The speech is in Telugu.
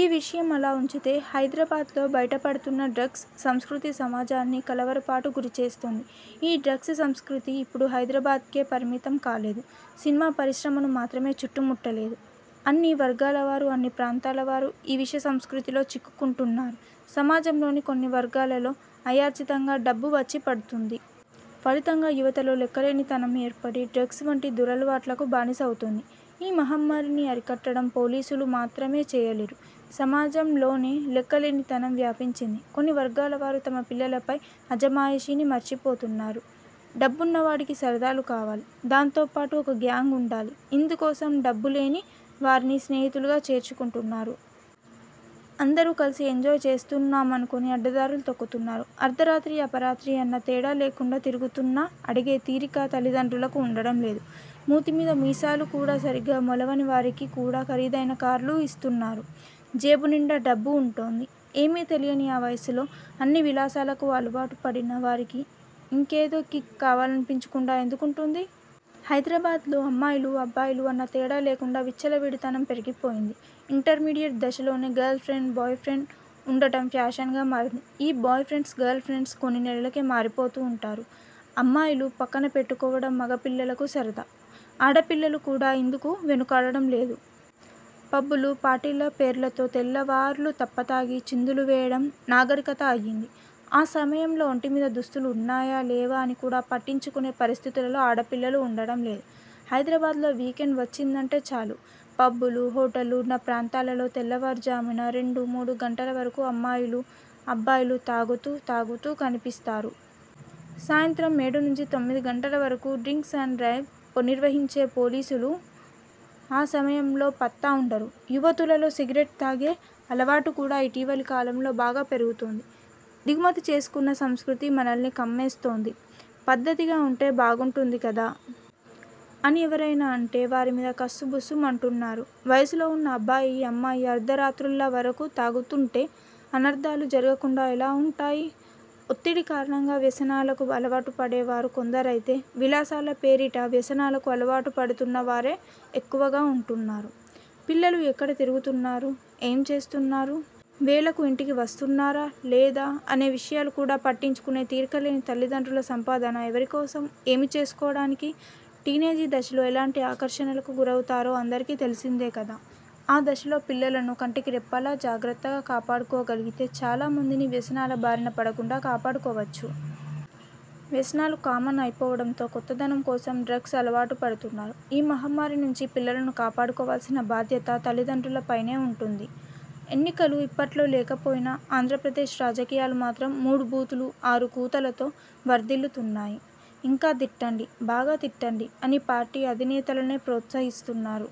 ఈ విషయం అలా ఉంచితే హైదరాబాద్లో బయటపడుతున్న డ్రగ్స్ సంస్కృతి సమాజాన్ని కలవరపాటుకు గురిచేస్తోంది. ఈ డ్రగ్స్ సంస్కృతి ఇప్పుడు హైదరాబాద్కే పరిమితం కాలేదు. సినిమా పరిశ్రమను మాత్రమే చుట్టుముట్టలేదు. అన్ని వర్గాలవారు, అన్ని ప్రాంతాలవారు ఈ విష సంస్కృతిలో చిక్కుకుంటున్నారు. సమాజంలోని కొన్ని వర్గాలలో అయాచితంగా డబ్బు వచ్చిపడుతోంది. ఫలితంగా యువతలో లెక్కలేనితనం ఏర్పడి డ్రగ్స్ వంటి దురలవాట్లకు బానిసవుతోంది. ఈ మహమ్మారిని అరికట్టడం పోలీసులు మాత్రమే చేయలేరు. సమాజంలోనే లెక్కలేనితనం వ్యాపించింది. కొన్ని వర్గాలవారు తమ పిల్లలపై అజమాయిషీని మర్చిపోతున్నారు. డబ్బున్నవాడికి సరదాలు కావాలి. దాంతోపాటు ఒక గ్యాంగ్ ఉండాలి. ఇందుకోసం డబ్బులేని వారిని స్నేహితులుగా చేర్చుకుంటున్నారు. అందరూ కలిసి ఎంజాయ్ చేస్తున్నామనుకుని అడ్డదారులు తొక్కుతున్నారు. అర్ధరాత్రి– అపరాత్రి అన్న తేడా లేకుండా తిరుగుతున్నా అడిగే తీరిక తల్లిదండ్రులకు ఉండటం లేదు. మూతి మీద మీసాలు కూడా సరిగ్గా మొలవనివారికి కూడా ఖరీదైన కార్లు ఇస్తున్నారు. జేబు నిండా డబ్బు ఉంటోంది. ఏమీ తెలియని ఆ వయసులో అన్ని విలాసాలకూ అలవాటుపడిన వారికి ఇంకేదో కిక్ కావాలనిపించకుండా ఎందుకుంటుంది? హైదరాబాద్లో అమ్మాయిలు– అబ్బాయిలు అన్న తేడా లేకుండా విచ్చలవిడితనం పెరిగిపోయింది. ఇంటర్మీడియట్ దశలోనే గర్ల్ ఫ్రెండ్, బాయ్ ఫ్రెండ్ ఉండటం ఫ్యాషన్గా మారింది. ఈ బాయ్ ఫ్రెండ్స్, గర్ల్ ఫ్రెండ్స్ కొన్ని నెలలకే మారిపోతుంటారు. అమ్మాయిలను పక్కన పెట్టుకోవడం మగపిల్లలకు సరదా. ఆడపిల్లలు కూడా ఇందుకు వెనుకాడటం లేదు. పబ్బులు, పార్టీల పేర్లతో తెల్లవార్లూ తప్పతాగి చిందులు వేయడం నాగరికత అయ్యింది. ఆ సమయంలో ఒంటి మీద దుస్తులు ఉన్నాయా? లేవా? అని కూడా పట్టించుకునే పరిస్థితులలో ఆడపిల్లలు ఉండటం లేదు. హైదరాబాద్లో వీకెండ్ వచ్చిందంటే చాలు పబ్బులు, హోటళ్లు ఉన్న ప్రాంతాలలో తెల్లవారుజామున రెండు మూడు గంటల వరకు అమ్మాయిలు– అబ్బాయిలు తాగుతూ– తూగుతూ కనిపిస్తారు. సాయంత్రం ఏడు నుంచి తొమ్మిది గంటల వరకు డ్రంక్ అండ్ డ్రైవ్ నిర్వహించే పోలీసులు ఆ సమయంలో పత్తా ఉండరు. యువతులలో సిగరెట్ తాగే అలవాటు కూడా ఇటీవలి కాలంలో బాగా పెరుగుతోంది. దిగుమతి చేసుకున్న సంస్కృతి మనల్ని కమ్మేస్తోంది. పద్ధతిగా ఉంటే బాగుంటుంది కదా? అని ఎవరైనా అంటే వారి మీద కస్సుబుస్సు మంటున్నారు. వయసులో ఉన్న అబ్బాయి, అమ్మాయి అర్ధరాత్రుళ్ల వరకు తాగుతుంటే అనర్థాలు జరగకుండా ఎలా ఉంటాయి? ఒత్తిడి కారణంగా వ్యసనాలకు అలవాటుపడేవారు కొందరైతే విలాసాల పేరిట వ్యసనాలకు అలవాటుపడుతున్నవారే ఎక్కువగా ఉంటున్నారు. పిల్లలు ఎక్కడ తిరుగుతున్నారు? ఏమి చేస్తున్నారు? వేళకు ఇంటికి వస్తున్నారా? లేదా? అనే విషయాలు కూడా పట్టించుకునే తీరిక లేని తల్లిదండ్రుల సంపాదన ఎవరి కోసం? ఏమి చేసుకోవడానికి? టీనేజీ దశలో ఎలాంటి ఆకర్షణలకు గురవుతారో అందరికీ తెలిసిందే కదా! ఆ దశలో పిల్లలను కంటికి రెప్పలా జాగ్రత్తగా కాపాడుకోగలిగితే చాలా మందిని వ్యసనాల బారిన పడకుండా కాపాడుకోవచ్చు. వ్యసనాలు కామన్ అయిపోవడంతో కొత్తదనం కోసం డ్రగ్స్కు అలవాటుపడుతున్నారు. ఈ మహమ్మారి నుంచి పిల్లలను కాపాడుకోవలసిన బాధ్యత తల్లిదండ్రులపైనే ఉంటుంది! ఎన్నికలు ఇప్పట్లో లేకపోయినా ఆంధ్రప్రదేశ్ రాజకీయాలు మాత్రం 'మూడు బూతులు– ఆరు కూతలతో' వర్ధిల్లుతున్నాయి. 'ఇంకా తిట్టండి– బాగా తిట్టండి' అని పార్టీ అధినేతలే ప్రోత్సహిస్తున్నారు.